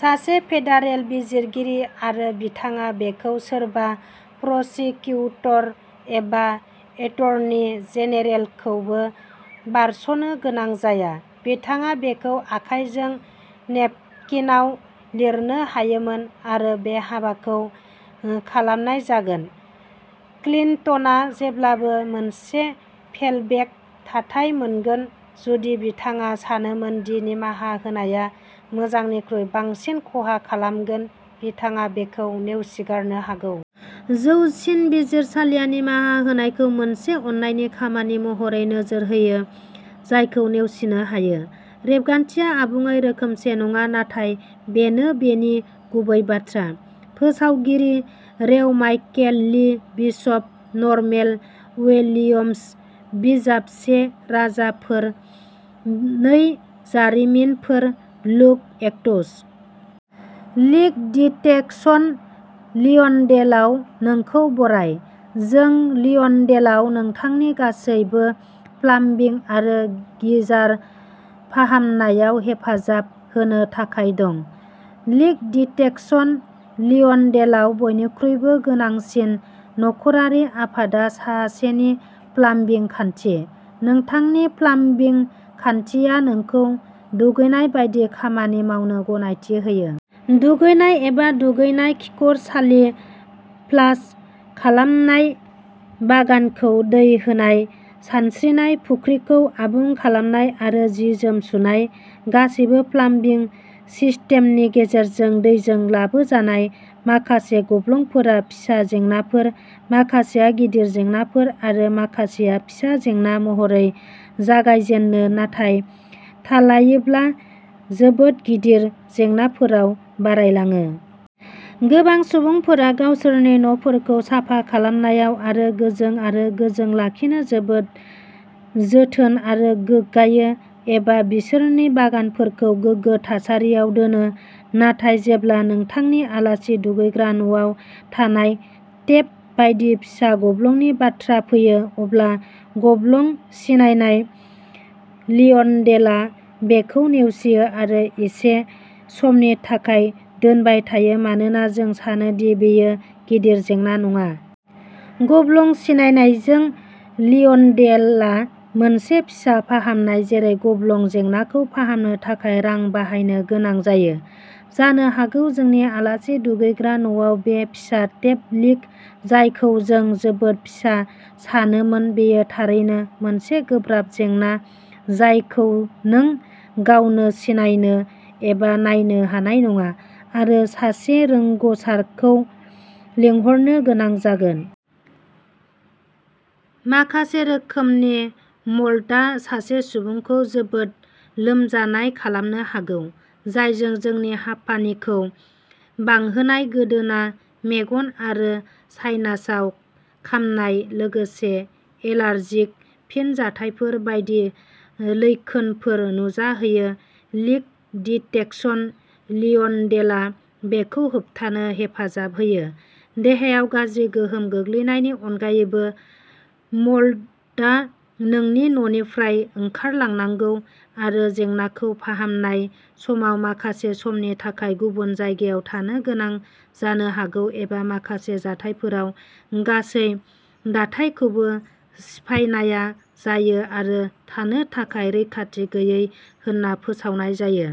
सासे फेडारेल बिजिरगिरि आरो बिथाङा बेखौ सोरबा प्रसिकिउटर एबा एटर्नी जेनेरेलखौबो बारस'नो गोनां जाया। बिथाङा बेखौ आखायजों नेपकिनआव लिरनो हायोमोन, आरो बे हाबाखौ खालामनाय जागोन। क्लिन्टना जेब्लाबो मोनसे फेलबेक थाथाय मोनगोन जुदि बिथाङा सानोमोन दि निमाहा होनाया मोजांनिख्रुइ बांसिन खहा खालामगोन बिथाङा बेखौ नेवसिगारनो हागौ। जौसिन बिजिरसालिया निमाहा होनायखौ मोनसे अननायनि खामानि महरै नोजोर होयो जायखौ नेवसिनो हायो। रेबगान्थिया आबुङै रोखोमसे नङा, नाथाय बेनो बेनि गुबै बाथ्रा। फोसावगिरि रेव माइकेल लि, बिशप नरमेल विलियम्स। बिजाब से राजाफोर, नै जारिमिनफोर, लुक, एक्टस। लिक डिटेक्शन लिअन्डेलाव नोंखौ बराय, जों लिअन्डेलाव नोंथांनि गासैबो प्लाम्बिं आरो गिजार फाहामनायाव हेफाजाब होनो थाखाय दं। लिक डिटेक्शन लिअन्डेलाव बयनिख्रुइबो गोनांसिन नखरारि आफादआ सासेनि प्लाम्बिं खान्थि। नोंथांनि प्लाम्बिं खान्थिया नोंखौ दुगैनाय बायदि खामानि मावनो गनायथि होयो। दुगैनाय एबा दुगैनाय, खिखरसालि फ्लास खालामनाय, बागानखौ दै होनाय, सानस्रिनाय फुख्रिखौ आबुं खालामनाय आरो जि-जोम सुनाय, गासैबो प्लाम्बिं सिस्टेमनि गेजेरजों दैजों लाबोजानाय। माखासे गब्लंफोरा फिसा जेंनाफोर, माखासेआ गिदिर जेंनाफोर, आरो माखासेया फिसा जेंना महरै जागायजेनो नाथाय थालायोब्ला जोबोद गिदिर जेंनाफोराव बारायलाङो। गोबां सुबुंफोरा गावसोरनि न'फोरखौ साफा खालामनायाव आरो गोजों आरो गोजों लाखिनो जोबोद जोथोन आरो गोग्गायो, एबा बिसोरनि बागानफोरखौ गोगो थासारियाव दोनो, नाथाय जेब्ला नोंथांनि आलासि दुगैग्रा न'आव थानाय टेप बायदि फिसा गब्लंनि बाथ्रा फैयो, अब्ला गब्लं सिनायनाय लिअन्डेलआ बेखौ नेवसियो आरो इसे समनि थाखाय दोनबाय थायो मानोना जों सानो दि बेयो गिदिर जेंना नङा। गब्लं सिनायनायजों लिअन्डेलआ मोनसे फिसा फाहामनाय जेरै गब्लं जेंनाखौ फाहामनो थाखाय रां बाहायनो गोनां जायो। जानो हागौ जोंनि आलासि दुगैग्रा न'आव बे फिसा टेप लिक, जायखौ जों जोबोद फिसा सानोमोन, बेयो थारैनो मोनसे गोब्राब जेंना जायखौ नों गावनो सिनायनो एबा नायनो हानाय नङा, आरो सासे रोंग'सारखौ लिंहरनो गोनां जागोन। माखासे रोखोमनि मोल्डआ सासे सुबुंखौ जोबोद लोमजानाय खालामनो हागौ, जायजों नोंनि हापानिखौ बांहोनाय, गोदोना, मेगन आरो साइनासआव खामनाय, लोगोसे एलार्जिक फिनजाथायफोर बायदि लैखोनफोर नुजाहोयो, लिक डिटेक्शन लियोनडेलआ बेखौ होबथानो हेफाजाब होयो। देहायाव गाज्रि गोहोम गोग्लैनायनि अनगायैबो, मोल्डआ नोंनि न'निफ्राय ओंखारलांनांगौ आरो जेंनाखौ फाहामनाय समाव माखासे समनि थाखाय गुबुन जायगायाव थानो गोनां जानो हागौ, एबा माखासे जाथायफोराव गासै दाथाइखौबो सिफायनाय जायो आरो थानो थाखाय रैखाथि गैयै होनना फोसावनाय जायो।